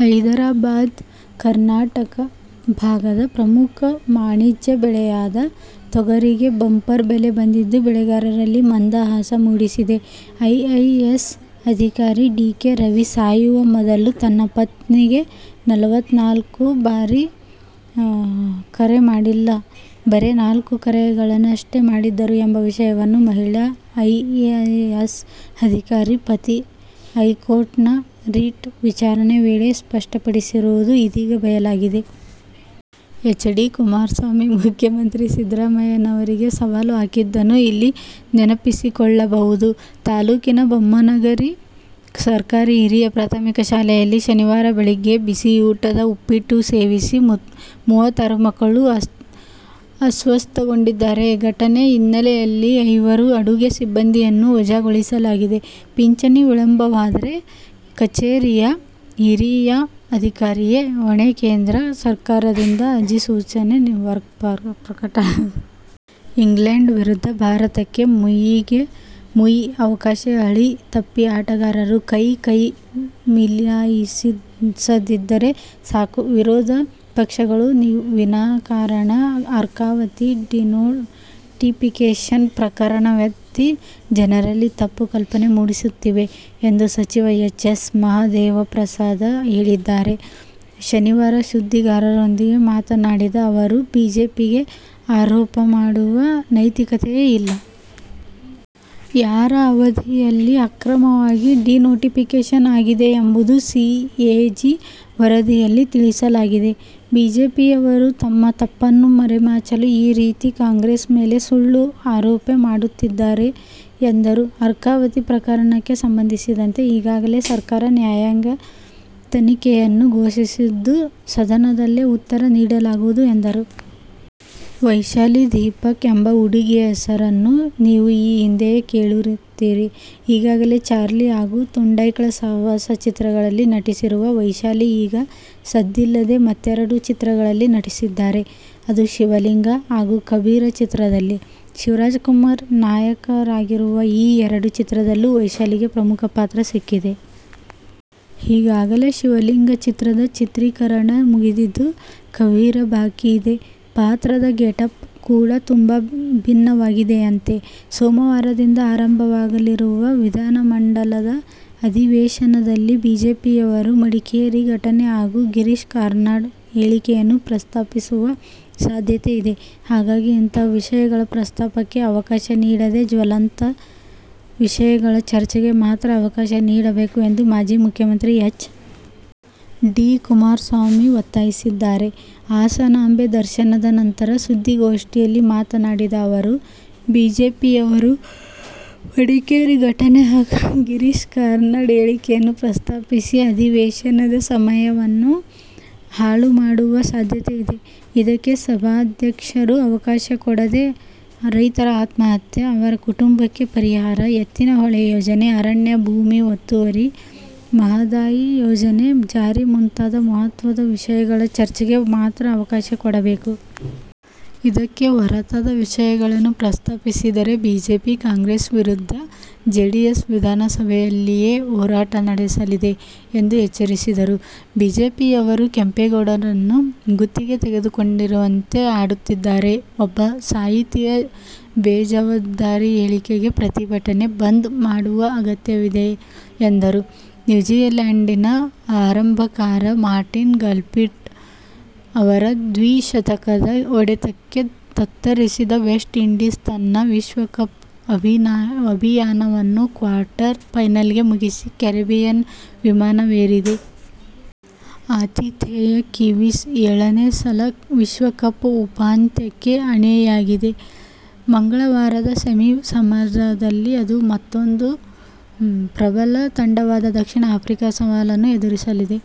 ಹೈದರಾಬಾದ್ ಕರ್ನಾಟಕ ಭಾಗದ ಪ್ರಮುಖ ವಾಣಿಜ್ಯ ಬೆಳೆಯಾದ ತೊಗರಿಗೆ ಬಂಪರ್ ಬೆಲೆ ಬಂದಿದ್ದು, ಬೆಳೆಗಾರರಲ್ಲಿ ಮಂದಹಾಸ ಮೂಡಿಸಿದೆ. ಐಎಎಸ್ ಅಧಿಕಾರಿ ಡಿ. ಕೆ. ರವಿ ಸಾಯುವ ಮೊದಲು ತನ್ನ ಪತ್ನಿಗೆ ನಲವತ್ನಾಲ್ಕು ಬಾರಿ ಕರೆ ಮಾಡಿಲ್ಲ, ಬರೇ ನಾಲ್ಕು ಕರೆಗಳನ್ನಷ್ಟೇ ಮಾಡಿದ್ದರು ಎಂಬ ವಿಷಯವನ್ನು ಮಹಿಳಾ ಐಎಎಸ್ ಅಧಿಕಾರಿ ಪತಿ ಹೈಕೋರ್ಟ್ ನ ರಿಟ್ ವಿಚಾರಣೆ ವೇಳೆ ಸ್ಪಷ್ಟಪಡಿಸಿರುವುದು ಇದೀಗ ಬಯಲಾಗಿದೆ. ಹೆಚ್. ಡಿ. ಕುಮಾರಸ್ವಾಮಿ ಮುಖ್ಯಮಂತ್ರಿ ಸಿದ್ದರಾಮಯ್ಯನವರಿಗೆ ಸವಾಲು ಹಾಕಿದ್ದನ್ನು ಇಲ್ಲಿ ನೆನಪಿಸಿಕೊಳ್ಳಬಹುದು. ತಾಲೂಕಿನ ಬೊಮ್ಮನಗಿರಿಯ ಸರ್ಕಾರಿ ಹಿರಿಯ ಪ್ರಾಥಮಿಕ ಶಾಲೆಯಲ್ಲಿ ಶನಿವಾರ ಬೆಳಗ್ಗೆ ಬಿಸಿಯೂಟದ ಉಪ್ಪಿಟ್ಟು ಸೇವಿಸಿ ಮೂವತ್ತಾರು ಮಕ್ಕಳು ಅಸ್ವಸ್ಥಗೊಂಡಿದ್ದಾರೆ. ಘಟನೆ ಹಿನ್ನೆಲೆಯಲ್ಲಿ ಐವರು ಅಡುಗೆ ಸಿಬ್ಬಂದಿಯನ್ನು ವಜಾಗೊಳಿಸಲಾಗಿದೆ. ಪಿಂಚಣಿ ವಿಳಂಬವಾದ್ರೆ ಕಚೇರಿಯ ಹಿರಿಯ ಅಧಿಕಾರಿಯೇ ಹೊಣೆ - ಕೇಂದ್ರ ಸರ್ಕಾರದಿಂದ ಅಧಿಸೂಚನೆ ಪ್ರಕಟ. ಇಂಗ್ಲೆಂಡ್ ವಿರುದ್ಧ ಭಾರತಕ್ಕೆ ಮುಯ್ಯಿಗೆ ಮುಯ್ಯಿ ಅವಕಾಶ ಹಳಿ ತಪ್ಪಿ ಆಟಗಾರರು ಕೈ ಕೈ ಮಿಲಾಯಿಸದಿದ್ದರೆ ಸಾಕು. ವಿರೋಧ ಪಕ್ಷಗಳು ವಿನಾಕಾರಣ ಅರ್ಕಾವತಿ ಡಿನೋಟಿಫಿಕೇಷನ್ ಪ್ರಕರಣವೆತ್ತಿ ಜನರಲ್ಲಿ ತಪ್ಪು ಕಲ್ಪನೆ ಮೂಡಿಸುತ್ತಿವೆ ಎಂದು ಸಚಿವ ಎಚ್. ಎಸ್. ಮಹದೇವಪ್ರಸಾದ ಹೇಳಿದ್ದಾರೆ. ಶನಿವಾರ ಸುದ್ದಿಗಾರರೊಂದಿಗೆ ಮಾತನಾಡಿದ ಅವರು, ಬಿಜೆಪಿಗೆ ಆರೋಪ ಮಾಡುವ ನೈತಿಕತೆಯೇ ಇಲ್ಲ. ಯಾರ ಅವಧಿಯಲ್ಲಿ ಅಕ್ರಮವಾಗಿ ಡಿನೋಟಿಫಿಕೇಷನ್ ಆಗಿದೆ ಎಂಬುದು ಸಿಎಜಿ ವರದಿಯಲ್ಲಿ ತಿಳಿಸಲಾಗಿದೆ. ಬಿಜೆಪಿಯವರು ತಮ್ಮ ತಪ್ಪನ್ನು ಮರೆಮಾಚಲು ಈ ರೀತಿ ಕಾಂಗ್ರೆಸ್ ಮೇಲೆ ಸುಳ್ಳು ಆರೋಪ ಮಾಡುತ್ತಿದ್ದಾರೆ ಎಂದರು. ಅರ್ಕಾವತಿ ಪ್ರಕರಣಕ್ಕೆ ಸಂಬಂಧಿಸಿದಂತೆ ಈಗಾಗಲೇ ಸರ್ಕಾರ ನ್ಯಾಯಾಂಗ ತನಿಖೆಯನ್ನು ಘೋಷಿಸಿದ್ದು, ಸದನದಲ್ಲೇ ಉತ್ತರ ನೀಡಲಾಗುವುದು ಎಂದರು. ವೈಶಾಲಿ ದೀಪಕ್ ಎಂಬ ಹುಡುಗಿಯ ಹೆಸರನ್ನು ನೀವು ಈ ಹಿಂದೆಯೇ ಕೇಳಿರುತ್ತೀರಿ. ಈಗಾಗಲೇ "ಚಾರ್ಲಿ' ಹಾಗೂ "ತುಂಡೈಕ್ಳ ಸಹವಾಸ' ಚಿತ್ರಗಳಲ್ಲಿ ನಟಿಸಿರುವ ವೈಶಾಲಿ ಈಗ ಸದ್ದಿಲ್ಲದೇ ಮತ್ತೆರಡು ಚಿತ್ರಗಳಲ್ಲಿ ನಟಿಸಿದ್ದಾರೆ. ಅದು "ಶಿವಲಿಂಗ' ಹಾಗೂ "ಕಬೀರ' ಚಿತ್ರದಲ್ಲಿ. ಶಿವರಾಜಕುಮಾರ್ ನಾಯಕರಾಗಿರುವ ಈ ಎರಡೂ ಚಿತ್ರದಲ್ಲೂ ವೈಶಾಲಿಗೆ ಪ್ರಮುಖ ಪಾತ್ರ ಸಿಕ್ಕಿದೆ. ಈಗಾಗಲೇ "ಶಿವಲಿಂಗ' ಚಿತ್ರದ ಚಿತ್ರೀಕರಣ ಮುಗಿದಿದ್ದು, "ಕಬೀರ' ಬಾಕಿ ಇದೆ. ಪಾತ್ರದ ಗೆಟಪ್ ಕೂಡಾ ತುಂಬಾ ಭಿನ್ನವಾಗಿದೆಯಂತೆ. ಸೋಮವಾರದಿಂದ ಆರಂಭವಾಗಲಿರುವ ವಿಧಾನಮಂಡಲದ ಅಧಿವೇಶನದಲ್ಲಿ ಬಿಜೆಪಿಯವರು ಮಡಿಕೇರಿ ಘಟನೆ ಹಾಗೂ ಗಿರೀಶ್ ಕಾರ್ನಾಡ್ರ ಹೇಳಿಕೆಯನ್ನು ಪ್ರಸ್ತಾಪಿಸುವ ಸಾಧ್ಯತೆ ಇದೆ. ಹಾಗಾಗಿ ಇಂತಹ ವಿಷಯಗಳ ಪ್ರಸ್ತಾಪಕ್ಕೆ ಅವಕಾಶ ನೀಡದೆ ಜ್ವಲಂತ ವಿಷಯಗಳ ಚರ್ಚೆಗೆ ಮಾತ್ರ ಅವಕಾಶ ನೀಡಬೇಕು ಎಂದು ಮಾಜಿ ಮುಖ್ಯಮಂತ್ರಿ ಎಚ್. ಡಿ. ಕುಮಾರಸ್ವಾಮಿ ಒತ್ತಾಯಿಸಿದ್ದಾರೆ. ಹಾಸನಾಂಬೆ ದರ್ಶನದ ನಂತರ ಸುದ್ದಿಗೋಷ್ಠಿಯಲ್ಲಿ ಮಾತನಾಡಿದ ಅವರು, ಬಿಜೆಪಿಯವರು ಮಡಿಕೇರಿ ಘಟನೆ ಹಾಗೂ ಗಿರೀಶ್ ಕಾರ್ನಾಡ್ರ ಹೇಳಿಕೆಯನ್ನು ಪ್ರಸ್ತಾಪಿಸಿ ಅಧಿವೇಶನದ ಸಮಯವನ್ನು ಹಾಳು ಮಾಡುವ ಸಾಧ್ಯತೆ ಇದೆ. ಇದಕ್ಕೆ ಸಭಾಧ್ಯಕ್ಷರು ಅವಕಾಶ ಕೊಡದೆ ರೈತರ ಆತ್ಮಹತ್ಯೆ, ಅವರ ಕುಟುಂಬಕ್ಕೆ ಪರಿಹಾರ, ಎತ್ತಿನಹೊಳೆ ಯೋಜನೆ, ಅರಣ್ಯ ಭೂಮಿ ಒತ್ತುವರಿ, ಮಹದಾಯಿ ಯೋಜನೆ ಜಾರಿ ಮುಂತಾದ ಮಹತ್ವದ ವಿಷಯಗಳ ಚರ್ಚೆಗೆ ಮಾತ್ರ ಅವಕಾಶ ಕೊಡಬೇಕು. ಇದಕ್ಕೆ ಹೊರತಾದ ವಿಷಯಗಳನ್ನು ಪ್ರಸ್ತಾಪಿಸಿದರೆ ಬಿಜೆಪಿ, ಕಾಂಗ್ರೆಸ್ ವಿರುದ್ಧ ಜೆಡಿಎಸ್ ವಿಧಾನಸಭೆಯಲ್ಲಿಯೇ ಹೋರಾಟ ನಡೆಸಲಿದೆ ಎಂದು ಎಚ್ಚರಿಸಿದರು. ಬಿಜೆಪಿಯವರು ಕೆಂಪೇಗೌಡರನ್ನು ಗುತ್ತಿಗೆ ತೆಗೆದುಕೊಂಡವರಂತೆ ಆಡುತ್ತಿದ್ದಾರೆ. ಒಬ್ಬ ಸಾಹಿತಿಯ ಬೇಜವಾಬ್ದಾರಿ ಹೇಳಿಕೆಗೆ ಪ್ರತಿಭಟನೆ, ಬಂದ್ ಮಾಡುವ ಅಗತ್ಯವಿದೆಯೇ ಎಂದರು. ನ್ಯೂಜಿಲ್ಯಾಂಡಿನ ಆರಂಭಕಾರ ಮಾರ್ಟಿನ್ ಗಪ್ಟಿಲ್ ಅವರ ದ್ವಿಶತಕದ ಹೊಡೆತಕ್ಕೆ ತತ್ತರಿಸಿದ ವೆಸ್ಟ್ ಇಂಡೀಸ್ ತನ್ನ ವಿಶ್ವಕಪ್ ಅಭಿಯಾನವನ್ನು ಕ್ವಾರ್ಟರ್ ಫೈನಲ್ಗೆ ಮುಗಿಸಿ ಕೆರಿಬಿಯನ್ ವಿಮಾನವೇರಿದೆ. ಆತಿಥೇಯ ಕಿವೀಸ್ ಏಳನೇ ಸಲ ವಿಶ್ವಕಪ್ ಉಪಾಂತ್ಯಕ್ಕೆ ಅಣಿಯಾಗಿದೆ. ಮಂಗಳವಾರದ ಸೆಮಿ ಸಮರದಲ್ಲಿ ಅದು ಮತ್ತೂಂದು ಪ್ರಬಲ ತಂಡವಾದ ದಕ್ಷಿಣ ಆಫ್ರಿಕಾ ಸವಾಲನ್ನು ಎದುರಿಸಲಿದೆ.